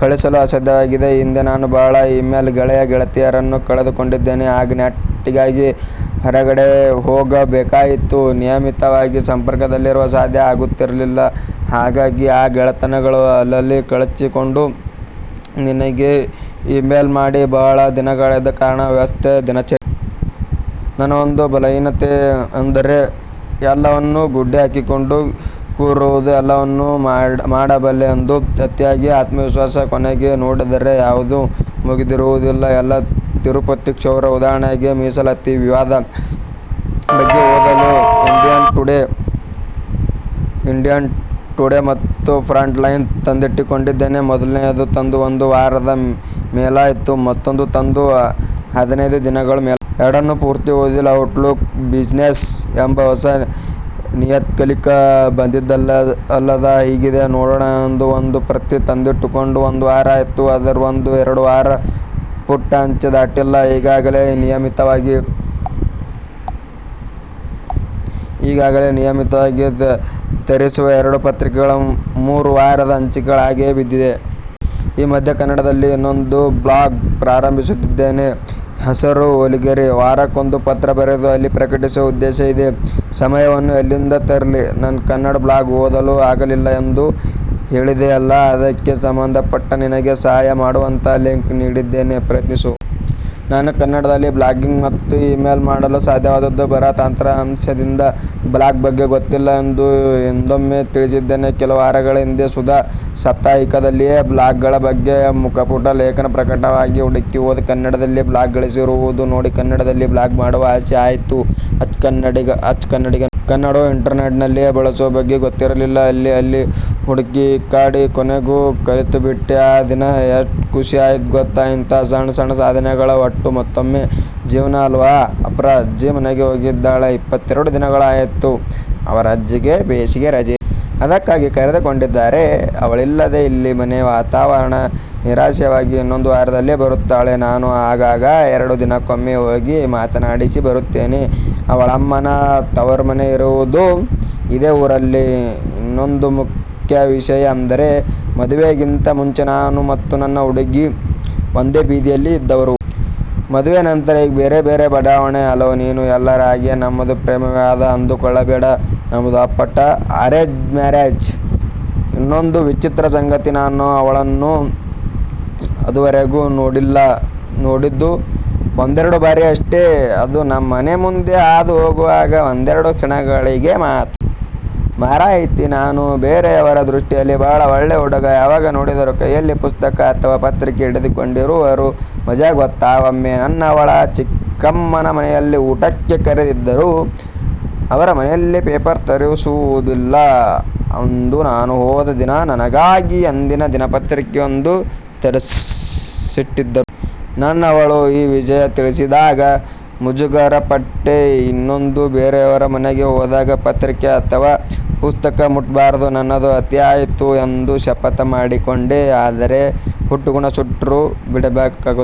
ಕಳುಹಿಸಲು ಸಾಧ್ಯವಾಗಿದೆ. ಈ ಹಿಂದೆ ನಾನು ಬಹಳ ಈ-ಮೇಲ್ ಗೆಳೆಯ-ಗೆಳತಿಯರನ್ನು ಕಳೆದು ಕೊಂಡಿದ್ದೇನೆ. ಆಗ ನೆಟ್ ಗಾಗಿ ಹೊರಗಡೆ ಹೋಗ ಬೇಕಾಗಿತ್ತು. ನಿಯಮಿತವಾಗಿ ಸಂಪರ್ಕದಲ್ಲಿರಲು ಸಾಧ್ಯ ಆಗುತ್ತಿರಲಿಲ್ಲ. ಹಾಗಾಗಿ ಆ ಗೆಳೆತನಗಳು ಅಲ್ಲಲ್ಲಿ ಕಳಚಿಕೊಂಡವು. ನಿನಗೆ ಈ-ಮೇಲ್ ಮಾಡಿ ಬಹಳ ದಿನಗಳಾದವು. ಕಾರಣ ವ್ಯಸ್ತ ದಿನಚರಿ. ನನ್ನ ಒಂದು ಬಲಹೀನತೆ ಎಂದರೆ ಎಲ್ಲವನ್ನು ಗುಡ್ಡೆ ಹಾಕಿಕೊಂಡು ಕೂರುವುದು. ಎಲ್ಲಾವನ್ನು ಮಾಡಬಲ್ಲೆ ಎಂಬ ಅತಿಯಾದ ಆತ್ಮವಿಶ್ವಾಸ. ಕೊನೆಗೆ ನೋಡಿದರೆ ಯವುದೂ ಮುಗಿದಿರುವುದಿಲ್ಲ. ಎಲ್ಲಾ 'ತಿರುಪತಿ ಕ್ಷೌರ' ಉದಾಹರಣೆಗೆ, ಮಿಸಲಾತಿ ವಿವಾದ ಬಗ್ಗೆ ಓದಲು 'ಇಂಡಿಯ ಟುಡೆ' ಮತ್ತು 'ಫ್ರಂಟ್ ಲೈನ್' ತಂದಿಟ್ಟುಕೊಂಡಿದ್ದೇನೆ. ಮೊದಲನೆಯದು ತಂದು ಒಂದು ವಾರದ ಮೇಲಾಯಿತು ಮತ್ತೊಂದನ್ನು ತಂದು ಹದಿನೈದು ದಿನಗಳ ಮೇಲಾಯಿತು. ಎರಡನ್ನೂ ಪೂರ್ತಿ ಓದಿಲ್ಲ! 'ಔಟ್ ಲುಕ್ ಬಿಸಿನೆಸ್' ಎಂಬ ಹೊಸ ನಿಯತಕಲಿಕ ಬಂದಿದೆಯಲ್ಲ ಹೇಗಿದೆ ನೋಡೋಣ ಎಂದು ಒಂದು ಪ್ರತಿ ತಂದ್ದಿಟ್ಟುಕೊಂಡು ಒಂದು ವಾರ ಆಯಿತು, ಅದರ ಓದು ಎರಡು ಮೂರು ಪುಟ್ದ ಆಚೆ ದಾಟಿಲ್ಲ. ಈಗಾಗಲೆ ನಿಯಮಿತವಾಗಿ ತರಿಸುವ ಎರಡು ಪತ್ರಿಕೆಗಳ ಮೂರು ವಾರದ ಸಂಚಿಕೆಗಳು ಹಾಗೆಯೇ ಬಿದ್ದಿವೆ. ಈ ಮಧ್ಯೆ ಕನ್ನಡದಲ್ಲಿ ಇನ್ನೊಂದು ಬ್ಲಾಗ್ ಪ್ರಾರಂಭಿಸಿದ್ದೇನೆ. ಹೆಸರು 'ಓಲೆಗರಿ'. ವಾರಕ್ಕೊಂದು ಪತ್ರ ಬರೆದು ಅಲ್ಲಿ ಪ್ರಕಟಿಸುವ ಉದ್ದೇಶ ಇದೆ. ಸಮಯವನ್ನು ಎಲ್ಲಿಂದ ತರಲಿ? ನನ್ನ ಕನ್ನಡ ಬ್ಲಾಗ್ ಓದಲು ಆಗಲಿಲ್ಲ ಎಂದು ಹೇಳಿದಿಯೆಲ್ಲಾ, ಅದಕ್ಕೆ ಸಂಬಂದಪಟ್ಟ ನಿನಗೆ ಸಹಾಯ ಆಗುವಂತಹ ಲಿಂಕ್ ನೀಡಿದ್ದೇನೆ ಪ್ರಯತ್ನಿಸು. ನಾನು ಕನ್ನಡದಲ್ಲಿ ಬ್ಲಾಗಿಂಗ್ ಮತ್ತು ಈ-ಮೇಲ್ ಮಾಡಲು ಸಾಧ್ಯವಾದದ್ದು 'ಬರಹ' ತಂತ್ರಾಂಶದಿಂದ. ಬ್ಲಾಗ್ ಬಗ್ಗೆ ಗೊತ್ತಿಲ್ಲ ಎಂದು ಹಿಂದೊಮ್ಮೆ ತಿಳಿಸಿದ್ದೆ. ಕೆಲವು ವಾರಗಳ ಹಿಂದೆ 'ಸುಧಾ' ಸಾಪ್ತಾಹಿಕದಲ್ಲಿ ಬ್ಲಾಗ್ ಗಳ ಬಗ್ಗೆ ಮುಖಪುಟ ಲೇಖನ ಪ್ರಕಟವಾಗಿದೆ. ಹುಡುಕಿ ಓದು. ಕನ್ನಡದಲ್ಲಿ ಬ್ಲಾಗ್ ಗಳಿರುವುದು ನೋಡಿ ಕನ್ನಡದಲ್ಲಿ ಬ್ಲಾಗ್ ಮಾಡುವ ಆಸೆ ಆಯಿತು, ಅಚ್ಚ ಕನ್ನಡಿಗ ನೋಡು. ಕನ್ನಡವನ್ನು ಇಂಟರ್ ನೆಟ್ ನಲ್ಲಿ ಬಳಸುವ ಬಗ್ಗೆ ಗೊತ್ತಿರಲಿಲ್ಲ. ಅಲ್ಲಿ ಇಲ್ಲಿ ಹುಡುಕಾಡಿ ಕೊನೆಗೂ ಕಲಿತುಬಿಟ್ಟೆ. ಆ ದಿನ ಎಷ್ತು ಖುಶಿ ಆಯಿತು ಗೊತ್ತಾ ಇಂತಹ ಸಣ್ಣ ಸಣ್ಣ ಸಾಧನೆಗಳ ಒಟ್ಟು ಮೊತ್ತವೇ ಜೀವನ ಅಲ್ವಾ? ಅಫ್ರಾ ಅಜ್ಜಿ ಮನೆಗೆ ಹೋಗಿದ್ದಾಳೆ. ಇಪ್ಪತ್ತೆರಡು ದಿನಗಳಾಯಿತು. ಅವರ ಅಜ್ಜಿಗೆ ಬೇಸಿಗೆ ರಜೆ. ಅದಕ್ಕಾಗಿ ಕರೆದುಕೊಂಡಿದ್ದಾರೆ. ಅವಳಿಲ್ಲದೆ ಇಲ್ಲಿ ಮನೆ ವಾತವರಣ ನೀರಸವಾಗಿದೆ. ಇನ್ನೊದು ವಾರದಲ್ಲಿ ಬರುತ್ತಾಳೆ. ನಾನು ಆಗಾಗ ಎರಡು ದಿನಕ್ಕೊಮ್ಮೆ ಹೋಗಿ ಮಾತಾಡಿಸಿ ಬರುತ್ತೇನೆ. ಅವಳ ಅಮ್ಮನ ತವರು ಮನೆ ಇರುವುದು ಇದೇ ಊರಲ್ಲಿ. ಇನ್ನೊಂದು ಮುಖ್ಯ ವಿಷಯ ಅಂದರೆ ಮದುವೆಗಿಂತ ಮುಂಚೆ ನಾನು ಮತ್ತು ನನ್ನ 'ಹುಡುಗಿ' ಒಂದೇ ಬೀದಿಯಲ್ಲಿ ಇದ್ದವರು. ಮದುವೆ ನಂತರ ಈಗ ಬೇರೆ ಬೇರೆ ಬಡಾವಣೆ. ಹಲೋ, ನೀನೂ ಎಲ್ಲರ ಹಾಗೆ ನಮ್ಮದು ಪ್ರೇಮ ವಿವಾಹ ಅಂದುಕೊಳ್ಳಬೇಡ ನಮ್ಮದು ಅಪ್ಪಟ ಅರೇಂಜ್ದ್ ಮದುವೆ. ಇನ್ನೊಂದು 'ವಿಚಿತ್ರ'ಸಂಗತಿ; ನಾನು ಅವಳನ್ನು ಅದುವರೆಗೂ ನೊಡಿದ್ದು ಒಂದೆರಡು ಬಾರಿ ಅಷ್ಟೆ. ಅದೂ ನಮ್ಮ ಮನೆ ಮುಂದೆ ಹಾದು ಹೊಗುವಾಗ ಒಂದೆರಡು ಕ್ಷಣಗಳಿಗೆ ಮಾತ್ರ. ಮಾರಾಯಿತಿ ನಾನು ಬೇರೆಯವರ ದೃಷ್ಟಿಯಲ್ಲಿ 'ಬಹಳ ಒಳ್ಳೆ ಹುಡುಗ'. ಯಾವಾಗ ನೋಡಿದರೂ ಕೈಯಲ್ಲಿ ಪುಸ್ತಕ ಅಥವ ಪತ್ರಿಕೆ ಹಿಡಿದುಕೊಂಡಿರುವವನು ಮಜಾ ಗೊತ್ತಾ? ಒಮ್ಮೆ ನನ್ನವಳ ಚಿಕ್ಕಮ್ಮನ ಮನೆಯಲ್ಲಿ ಊಟಕ್ಕೆ ಕರೆದಿದ್ದರು. ಅವರ ಮನೆಯಲ್ಲಿ ಪೇಪರ್ ತರಿಸುವುದಿಲ್ಲ. ಅಂದು ನಾನು ಹೋದ ದಿನ ನನಗಾಗಿ ಅಂದಿನ ದಿನಪತ್ರಿಕೆಯೊಂದನ್ನು ತರಿಸಿಟ್ಟಿದ್ದರು. ನನ್ನವಳು ಈ ವಿಷಯ ತಿಳಿಸಿದಾಗ ಮುಜುಗರ ಪಟ್ಟೆ. ಇನ್ನೆಂದೂ ಬೇರೆಯವರ ಮನೆಗೆ ಹೋದಾಗ ಪತ್ರಿಕೆ ಅಥವ ಪುಸ್ತಕ ಮುಟ್ಟಬಾರದು, ನನ್ನದು ಅತಿಯಾಯಿತು ಎಂದು ಶಪಥ ಮಾಡಿಕೊಂಡೆ. ಆದರೆ ಹುಟ್ಟುಗುಣ ಸುಟ್ಟರೂ ಬಿಡಕಾಗುತ್ತದೆಯೇ?